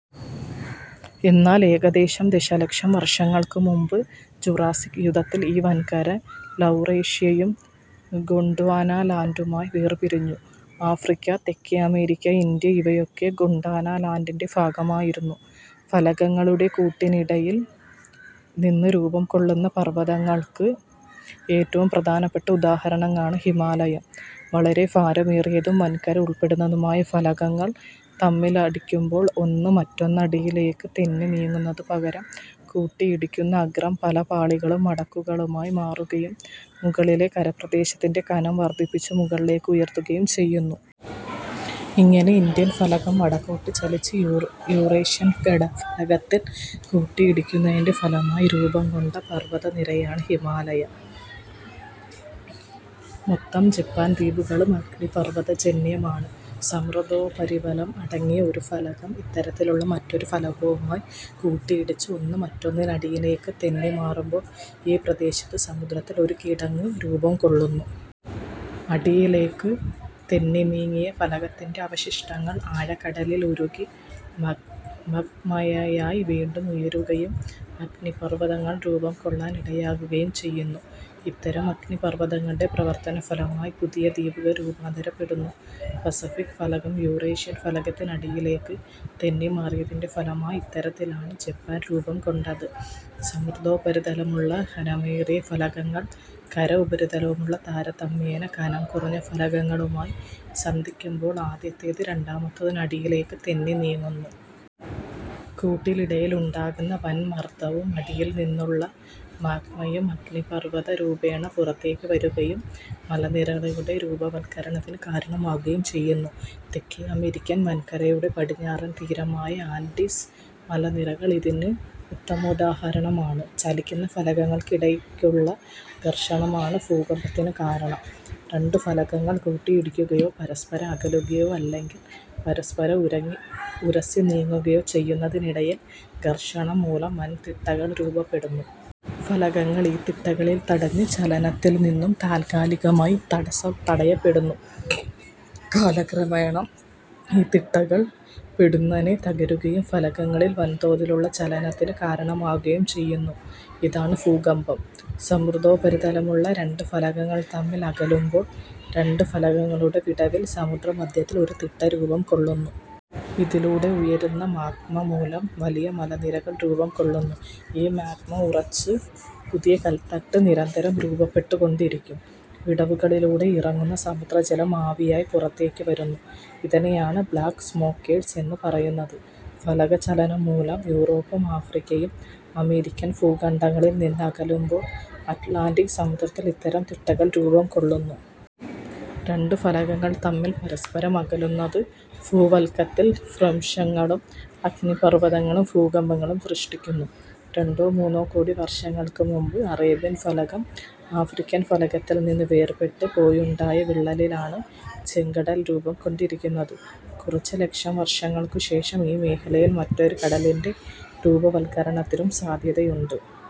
എന്നാൽ ഏകദേശം ദശലക്ഷം വർഷങ്ങൾക്കുമുൻപ്, ജൂറാസ്സിക് യുഗത്തിൽ ഈ വൻകര ലൗറേഷ്യയും ഗോണ്ട്വാനാ ലാൻഡുമായി വേർപിരിഞ്ഞു. ആഫ്രിക്ക, തെക്കേ അമേരിക്ക, ഇന്ത്യ ഇവയൊക്കെ ഗോണ്ടാനാ ലാൻഡിന്റെ ഭാഗമായിരുന്നു. ഫലകങ്ങളുടെ കൂട്ടിയിടിയിൽ നിന്ന് രൂപം കൊള്ളുന്ന പർവതങ്ങൾക്ക് ഏറ്റവും പ്രധാനപ്പെട്ട ഉദാഹരണമാണ് ഹിമാലയം. വളരെ ഭാരമേറിയതും വൻകര ഉൾപ്പെടുന്നതുമായ ഫലകങ്ങൾ തമ്മിലിടിക്കുമ്പോൾ ഒന്ന് മറ്റൊന്നിനടിയിലേക്ക് തെന്നി നീങ്ങുന്നതിനു പകരം കൂട്ടിയിടിക്കുന്ന അഗ്രം പല പാളികളും മടക്കുകളുമായി മാറുകയും, മുകളിലെ കരപ്രദേശത്തിന്റെ കനം വർദ്ധിപ്പിച്ച് മുകളിലേക്ക് ഉയർത്തുകയും ചെയ്യുന്നു. ഇങ്ങനെ ഇന്ത്യൻ ഫലകം വടക്കോട്ടു ചലിച്ച് യുറേഷ്യൻ ഫലകത്തിൽ കൂട്ടിയിടിക്കുന്നതിന്റെ ഫലമായി രൂപം കൊണ്ട പർവതനിരയാണ് ഹിമാലയം. മൊത്തം ജപ്പാൻ ദ്വീപുകളും അഗ്നിപർവതജന്യമാണ്. സമുദ്രോപരിതലം അടങ്ങിയ ഒരു ഫലകം ഇത്തരത്തിലുള്ള മറ്റൊരു ഫലകവുമായി കൂട്ടിയിടിച്ച് ഒന്ന് മറ്റൊന്നിനടിയിലേക്ക് തെന്നി മാറുമ്പോൾ ഈ പ്രദേശത്ത് സമുദ്രത്തിൽ ഒരു കിടങ്ങ് രൂപം കൊള്ളുന്നു. അടിയിലേക്ക് തെന്നി നീങ്ങിയ ഫലകത്തിന്റെ അവശിഷ്ടങ്ങൾ ആഴക്കടലിൽ ഉരുകി മാഗ്മയായി വീണ്ടും ഉയരുകയും അഗ്നിപർവതങ്ങൾ രൂപം കൊള്ളാൻ ഇടയാകുകയും ചെയ്യുന്നു. ഇത്തരം അഗ്നിപർവതങ്ങളുടെ പ്രവർത്തനഫലമായി പുതിയ ദ്വീപുകൾ രൂപാന്തരപ്പെടുന്നു. പസഫിക് ഫലകം യുറേഷ്യൻ ഫലകത്തിനടിയിലേക്ക് തെന്നിമാറിയതിന്റെ ഫലമായി ഇത്തരത്തിലാണ് ജപ്പാൻ രൂപം കൊണ്ടത്. സമുദ്രോപരിതലമുള്ള ഖനമേറിയ ഫലകങ്ങൾ, കര ഉപരിതലമുള്ള താരതമ്യേന കനം കുറഞ്ഞ ഫലകങ്ങളുമായി സന്ധിക്കുമ്പോൾ ആദ്യത്തേത് രണ്ടാമത്തേതിനടിയിലേക്ക് തെന്നി നീങ്ങുന്നു. കൂട്ടിയിടിയിലുണ്ടാകുന്ന വൻ മർദ്ദവും അടിയിൽ നിന്നുള്ള മാഗ്മയും അഗ്നിപർവതരൂപേണ പുറത്തേക്ക് വരുകയും മലനിരകളുടെ രൂപവത്കരണത്തിന് കാരണമാകുകയും ചെയ്യുന്നു. തേക്കേ അമേരിക്കൻ വൻകരയുടെ പടിഞ്ഞാറൻ തീരമായ ആൻഡീസ് മലനിരകൾ ഇതിന് ഉത്തമോദാഹരണമാണ് ചലിക്കുന്ന ഫലകങ്ങൾക്കിടക്കുള്ള ഘർഷണമാണ് ഭൂകമ്പത്തിന് കാരണം. രണ്ടു ഫലകങ്ങൾ കൂട്ടിയിടിക്കുകയോ, പരസ്പരം അകലുകയോ അല്ലെങ്കിൽ പരസ്പരം ഉരസി നീങ്ങുകയോ ചെയ്യുന്നതിനിടയിൽ ഘർഷണം മൂലം വൻ തിട്ടകൾ രൂപപ്പെടുന്നു. ഫലകങ്ങൾ ഈ തിട്ടകളിൽ തടഞ്ഞ് ചലനത്തിൽ നിന്നും താൽക്കാലികമായി തടയപ്പെടുന്നു. കാലക്രമേണ ഈ തിട്ടകൾ പൊടുന്നനേ തകരുകയും ഫലകങ്ങളിൽ വൻതോതിലുള്ള ചലനത്തിന് കാരണമാകുകയും ചെയ്യുന്നു. ഇതാണ് ഭൂകമ്പം. സമുദ്രോപരിതലമുള്ള രണ്ടു ഫലകങ്ങൾ തമ്മിൽ അകലുമ്പോൾ രണ്ടു ഫലകങ്ങളുടെ വിടവിൽ സമുദ്രമദ്ധ്യത്തിൽ ഒരു തിട്ട രൂപം കൊള്ളുന്നു. ഇതിലൂടെ ഉയരുന്ന മാഗ്മ മൂലം വലിയ മലനിരകൾ രൂപം കൊള്ളുന്നു. ഈ മാഗ്മ ഉറച്ച് പുതിയ കടൽത്തട്ട് നിരന്തരം രൂപപ്പെട്ടുകൊണ്ടിരിക്കും. വിടവുകളിലൂടെ ഇറങ്ങുന്ന സമുദ്രജലം ആവിയായി പുറത്തേക്കു വരുന്നു. ഇതിനെയാണ് ബ്ലാക്ക് സ്മോക്കേഴ്സ് എന്നു പറയുന്നത്. ഫലകചലനം മൂലം യുറോപ്പും ആഫ്രിക്കയും അമേരിക്കൻ ഭൂഖണ്ഡങ്ങളിൽ നിന്നകലുമ്പോൾ അറ്റ്ലാന്റിക് സമുദ്രത്തിൽ ഇത്തരം തിട്ടകൾ രൂപം കൊള്ളുന്നു. രണ്ടു ഫലകങ്ങൾ തമ്മിൽ പരസ്പരം അകലുന്നത്, ഭൂവൽക്കത്തിൽ ഭ്രംശങ്ങളും, അഗ്നിപർവതങ്ങളും, ഭൂകമ്പങ്ങളും സൃഷ്ടിക്കുന്നു. രണ്ടോ മൂന്നോ കോടി വർഷങ്ങൾക്കു മുൻപ് അറേബ്യൻ ഫലകം ആഫ്രിക്കൻ ഫലകത്തിൽ നിന്ന് വേർപെട്ടു പോയുണ്ടായ വിള്ളലിലാണ് ചെങ്കടൽ രൂപം കൊണ്ടിരിക്കുന്നത്. കുറച്ച് ലക്ഷം വർഷങ്ങൾക്കു ശേഷം ഈ മേഖലയിൽ മറ്റൊരു കടലിന്റെ രൂപവത്കരണത്തിനും സാധ്യതയുണ്ട്.